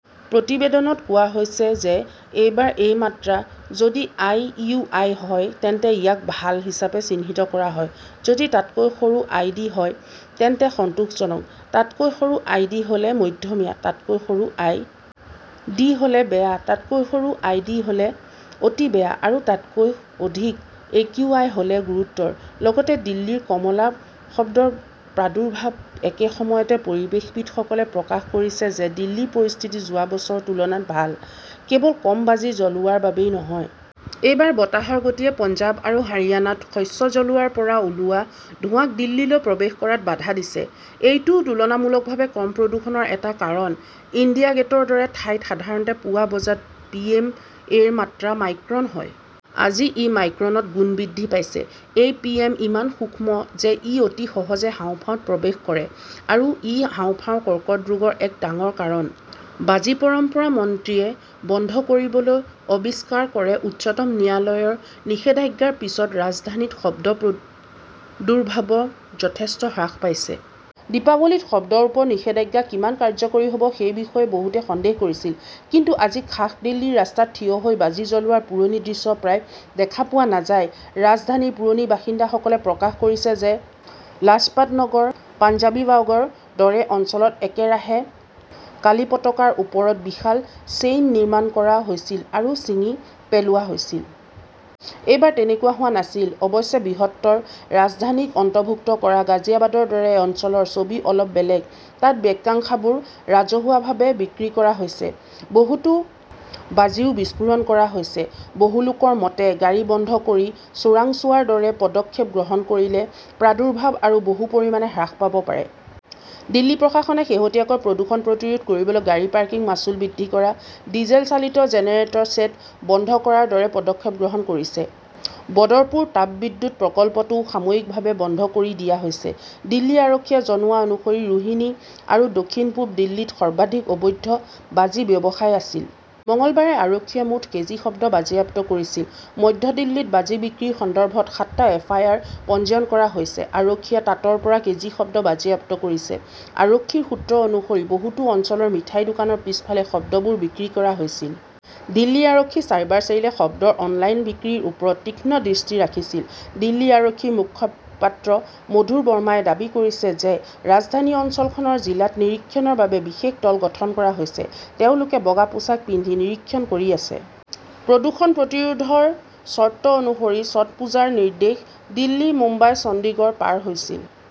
প্ৰতিবেদনত কোৱা হৈছে যে এইবাৰ এই মাত্ৰা। যদি আই ইউ আই হয় তেন্তে ইয়াক 'ভাল হিচাপে চিহ্নিত কৰা হয়। যদি তাতকৈ সৰু আই. ডি. হয় তেন্তে 'সন্তোষজনক'।তাতকৈ সৰু আই. ডি. হ 'লে' মধ্যমীয়া ', তাতকৈ সৰু আই. ডি. হ' লে 'বেয়া', তাতকৈ সৰু আই. ডি. হ 'লে' অতি বেয়া 'আৰু আৰু তাতকৈ অধিক একিউ. আই. হ' লে 'গুৰুতৰ'। লগতে দিল্লী কমলা শব্দৰ প্ৰাদুৰ্ভাৱ একে সময়তে পৰিৱেশবিদসকলে প্ৰকাশ কৰিছে যে দিল্লীৰ পৰিস্থিতি যোৱা বছৰৰ তুলনাত ভাল, কেৱল কম বাজি জ্বলোৱাৰ বাবেই নহয়। এইবাৰ বতাহৰ গতিয়ে পঞ্জাৱ আৰু হাৰিয়ানাত শস্য জ্বলোৱাৰ পৰা ওলোৱা ধোঁৱাক দিল্লীলৈ প্ৰৱেশ কৰাত বাধা দিছে। এইটোও তুলনামূলকভাৱে কম প্ৰদূষণৰ এটা কাৰণ। ইণ্ডিয়া গেটৰ দৰে ঠাইত সাধাৰণতে পুৱা বজাত পিএম -এৰ মাত্ৰা মাইক্ৰন হয়। আজি ই মাইক্ৰনত গুণ বৃদ্ধি পাইছে। এই পিএম ইমান সূক্ষ্ম যে ই অতি সহজে হাঁওফাঁওত প্ৰৱেশ কৰে আৰু ই হাঁওফাঁওৰ কৰ্কট ৰোগৰ এক ডাঙৰ কাৰণ। বাজি 'পৰম্পৰা, মন্ত্ৰীয়ে বন্ধ কৰিবলৈ অস্বীকাৰ কৰে উচ্চতম ন্যায়ালয়ৰ নিষেধাজ্ঞাৰ পিছত ৰাজধানীত শব্দৰ প্ৰাদুৰ্ভাৱ যথেষ্ট হ্ৰাস পাইছে। দীপাৱলীত শব্দৰ ওপৰত নিষেধাজ্ঞা কিমান কাৰ্যকৰী হব সেই বিষয়ে বহুতে সন্দেহ কৰিছিল। কিন্তু আজি খাস দিল্লীত ৰাস্তাত থিয় হৈ বাজি জ্বলোৱাৰ পুৰণি দৃশ্য প্ৰায় দেখা পোৱা নাযায়। ৰাজধানীৰ পুৰণি বাসিন্দাসকলে প্ৰকাশ কৰিছে যে লাজপাটনগৰ, পঞ্জাৱিবাগৰ দৰে অঞ্চলত একেৰাহে কালীপটকাৰ ওপৰত বিশাল চেইন নিৰ্মাণ কৰা হৈছিল আৰু ছিঙি পেলোৱা হৈছিল। এইবাৰ তেনেকুৱা হোৱা নাছিল। অৱশ্যে, বৃহত্তৰ ৰাজধানী ক অন্তৰ্ভুক্ত কৰা গাজিয়াবাদৰ দৰে অঞ্চলৰ ছবি অলপ বেলেগ। তাত ব্যাক্যাংশবোৰ ৰাজহুৱাভাৱে বিক্ৰী কৰা হৈছে। বহুতো বাজিও বিস্ফোৰণ কৰা হৈছে। বহু লোকৰ মতে, গাড়ী বন্ধ কৰি চোৰাংচোৱাৰ দৰে পদক্ষেপ গ্ৰহণ কৰিলে প্ৰাদুৰ্ভাৱ আৰু বহু পৰিমাণে হ্ৰাস পাব পাৰে। দিল্লী প্ৰশাসনে শেহতীয়াকৈ প্ৰদূষণ প্ৰতিৰোধ কৰিবলৈ গাড়ী পাৰ্কিং মাচুল বৃদ্ধি কৰা, ডিজেল চালিত জেনেৰেটৰ ছেট বন্ধ কৰাৰ দৰে পদক্ষেপ গ্ৰহণ কৰিছে। বদৰপুৰ তাপবিদ্যুৎ প্ৰকল্পটোও সাময়িকভাৱে বন্ধ কৰি দিয়া হৈছে। দিল্লী আৰক্ষীয়ে জনোৱা অনুসৰি ৰোহিনী আৰু দক্ষিণ-পূব দিল্লীত সৰ্বাধিক অবৈধ বাজি ব্যৱসায় হৈছিল। মঙলবাৰে আৰক্ষীয়ে মুঠ কেজি শব্দ বাজেয়াপ্ত কৰিছিল। মধ্য দিল্লীত বাজি বিক্ৰীৰ সন্দৰ্ভত সাতটা এফ. আই. আৰ. পঞ্জীয়ন কৰা হৈছে। আৰক্ষীয়ে তাতৰ পৰা কেজি শব্দ বাজেয়াপ্ত কৰিছে। আৰক্ষীৰ সূত্ৰ অনুসৰি, বহুতো অঞ্চলত মিঠাইৰ দোকানৰ পিছফালে শব্দবোৰ বিক্ৰী কৰা হৈছিল। দিল্লী আৰক্ষীৰ চাইবাৰ ছেইলে শব্দৰ অনলাইন বিক্ৰীৰ ওপৰত তীক্ষ্ণ দৃষ্টি ৰাখিছিল। দিল্লী আৰক্ষীৰ মুখপাত্ৰ মধুৰ বাৰ্মাই দাবী কৰিছে যে ৰাজধানী অঞ্চলৰ খন জিলাত নিৰীক্ষণৰ বাবে বিশেষ দল গঠন কৰা হৈছে। তেওঁলোকে বগা পোছাক পিন্ধি নিৰীক্ষণ কৰি আছে। প্ৰদূষণ প্ৰতিৰোধৰ চৰ্ত অনুসৰি ছট পূজাৰ নিৰ্দেশ দিল্লী, মুম্বাই, চণ্ডীগড় পাৰ হৈছিল।